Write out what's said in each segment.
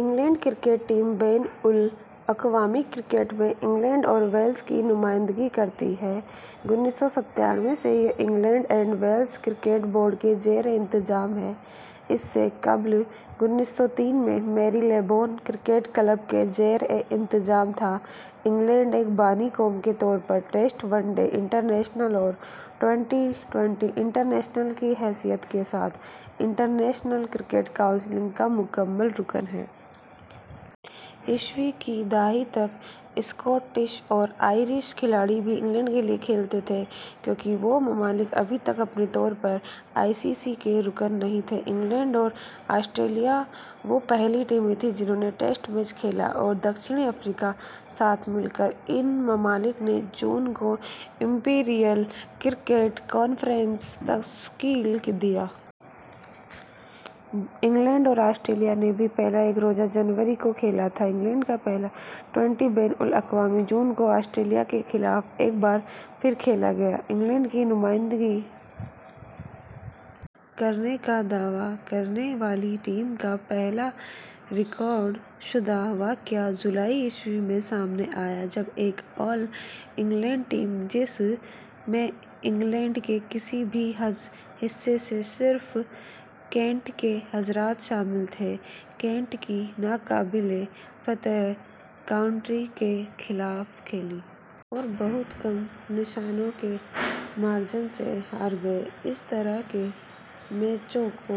England cricket team بین الاقوامی cricket میں انگلینڈ اور ویلز کی نمائندگی کرتی ہے۔ ء سے، یہ England and Wales cricket board کے زیر انتظام ہے، اس سے قبل ء سے میریلیبون کرکٹ کلب کے زیر انتظام تھا انگلینڈ، ایک بانی قوم کے طور پر، ٹیسٹ ، ون ڈے انٹرنیشنل اور ٹوئنٹی انٹرنیشنل کی حیثیت کے ساتھ انٹرنیشنل کرکٹ کونسل کا مکمل رکن ہے۔ ء کی دہائی تک سکاٹش اور آئرش کھلاڑی بھی انگلینڈ کے لیے کھیلتے تھے کیونکہ وہ ممالک ابھی تک اپنے طور پر آئی سی سی کے رکن نہیں تھے۔ انگلینڈ اور آسٹریلیا وہ پہلی ٹیمیں تھیں جنھوں نے ٹیسٹ میچ کھیلا اور جنوبی افریقہ کے ساتھ مل کر، ان ممالک نے جون ء کو امپیریل کرکٹ کانفرنس تشکیل دیا۔ انگلینڈ اور آسٹریلیا نے بھی پہلا ایک روزہ جنوری ء کو کھیلا تھا۔ انگلینڈ کا پہلا ٹوئنٹی بین الاقوامی جون ء کو آسٹریلیا کے خلاف ایک بار پھر کھیلا گیا۔ انگلینڈ کی نمائندگی کرنے کا دعویٰ کرنے والی ٹیم کا پہلا ریکارڈ شدہ واقعہ جولائی ء میں سامنے آیا جب ایک "آل انگلینڈ" ٹیم، جس میں انگلینڈ کے کسی بھی حصے سے صرف کینٹ کے حضرات شامل تھے، کینٹ کی "ناقابل فتح کاؤنٹی" کے خلاف کھیلی۔ اور "بہت کم نشانوں" کے مارجن سے ہار گئے۔ اس طرح کے میچوں کو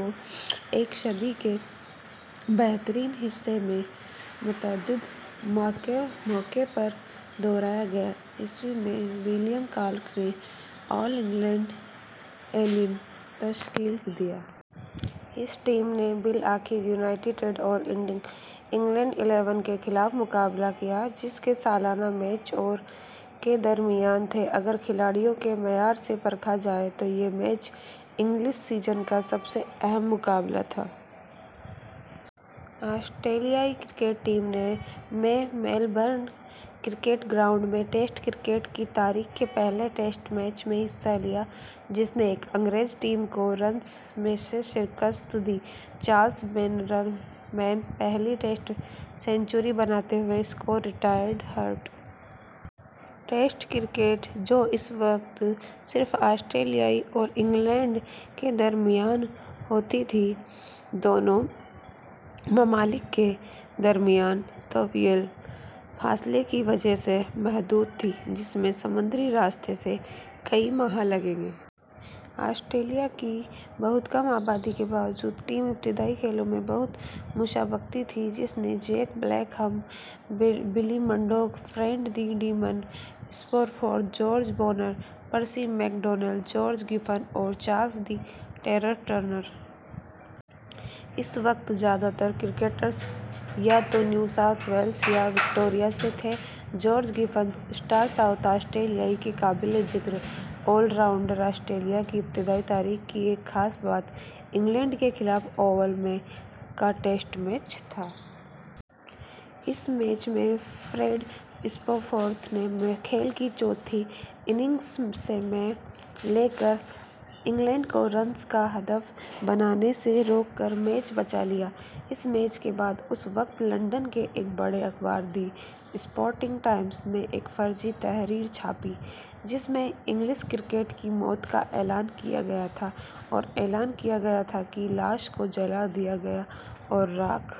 ایک صدی کے بہترین حصے میں متعدد مواقع پر دہرایا گیا۔ ء میں ولیم کلارک نے آل انگلینڈ الیون تشکیل دیا۔ اس ٹیم نے بالآخر یونائیٹڈ آل انگلینڈ الیون کے خلاف مقابلہ کیا جس کے سالانہ میچ ء اور ء کے درمیان تھے۔ اگر کھلاڑیوں کے معیار سے پرکھا جائے تو یہ میچ انگلش سیزن کا سب سے اہم مقابلہ تھے۔ آسٹریلوی کرکٹ ٹیم نے ء میں میلبورن کرکٹ گراؤنڈ میں ٹیسٹ کرکٹ کی تاریخ کے پہلے ٹیسٹ میچ میں حصہ لیا، جس نے ایک انگریز ٹیم کو رنز سے شکست دی، چارلس بینرمین پہلی ٹیسٹ سنچری بناتے ہوئے، score retired hurt. Test cricket, جو اس وقت صرف آسٹریلیا اور انگلینڈ کے درمیان ہوتی تھی، دونوں ممالک کے درمیان طویل فاصلے کی وجہ سے محدود تھی، جس میں سمندری راستے سے کئی ماہ لگیں گے۔ آسٹریلیا کی بہت کم آبادی کے باوجود، ٹیم ابتدائی کھیلوں میں بہت مسابقتی تھی، جس نے Jack Blackham, Billy Murdoch, Fred "the Demon" Spofforth, George Bonnor, Percy McDonnell, George Giffen اور چارلس "دی ٹیرر" ٹرنر۔ اس وقت زیادہ تر کرکٹرز یا تو نیو ساؤتھ ویلز یا وکٹوریہ سے تھے، جارج گیفن، اسٹار ساؤتھ آسٹریلوی کے قابل ذکر آل راؤنڈر. آسٹریلیا کی ابتدائی تاریخ کی ایک خاص بات انگلینڈ کے خلاف اوول میں ء کا ٹیسٹ میچ تھا۔ اس میچ میں فریڈ اسپوفورتھ نے کھیل کی چوتھی اننگز میں / لے کر انگلینڈ کو رنز کا ہدف بنانے سے روک کر میچ بچا لیا۔ اس میچ کے بعد اس وقت لندن کے ایک بڑے اخبار دی سپورٹنگ ٹائمز نے ایک فرضی تحریر چھاپی جس میں انگلش کرکٹ کی موت کا اعلان کیا گیا تھا اور اعلان کیا گیا تھا کہ لاش کو جلا دیا گیا اور راکھ۔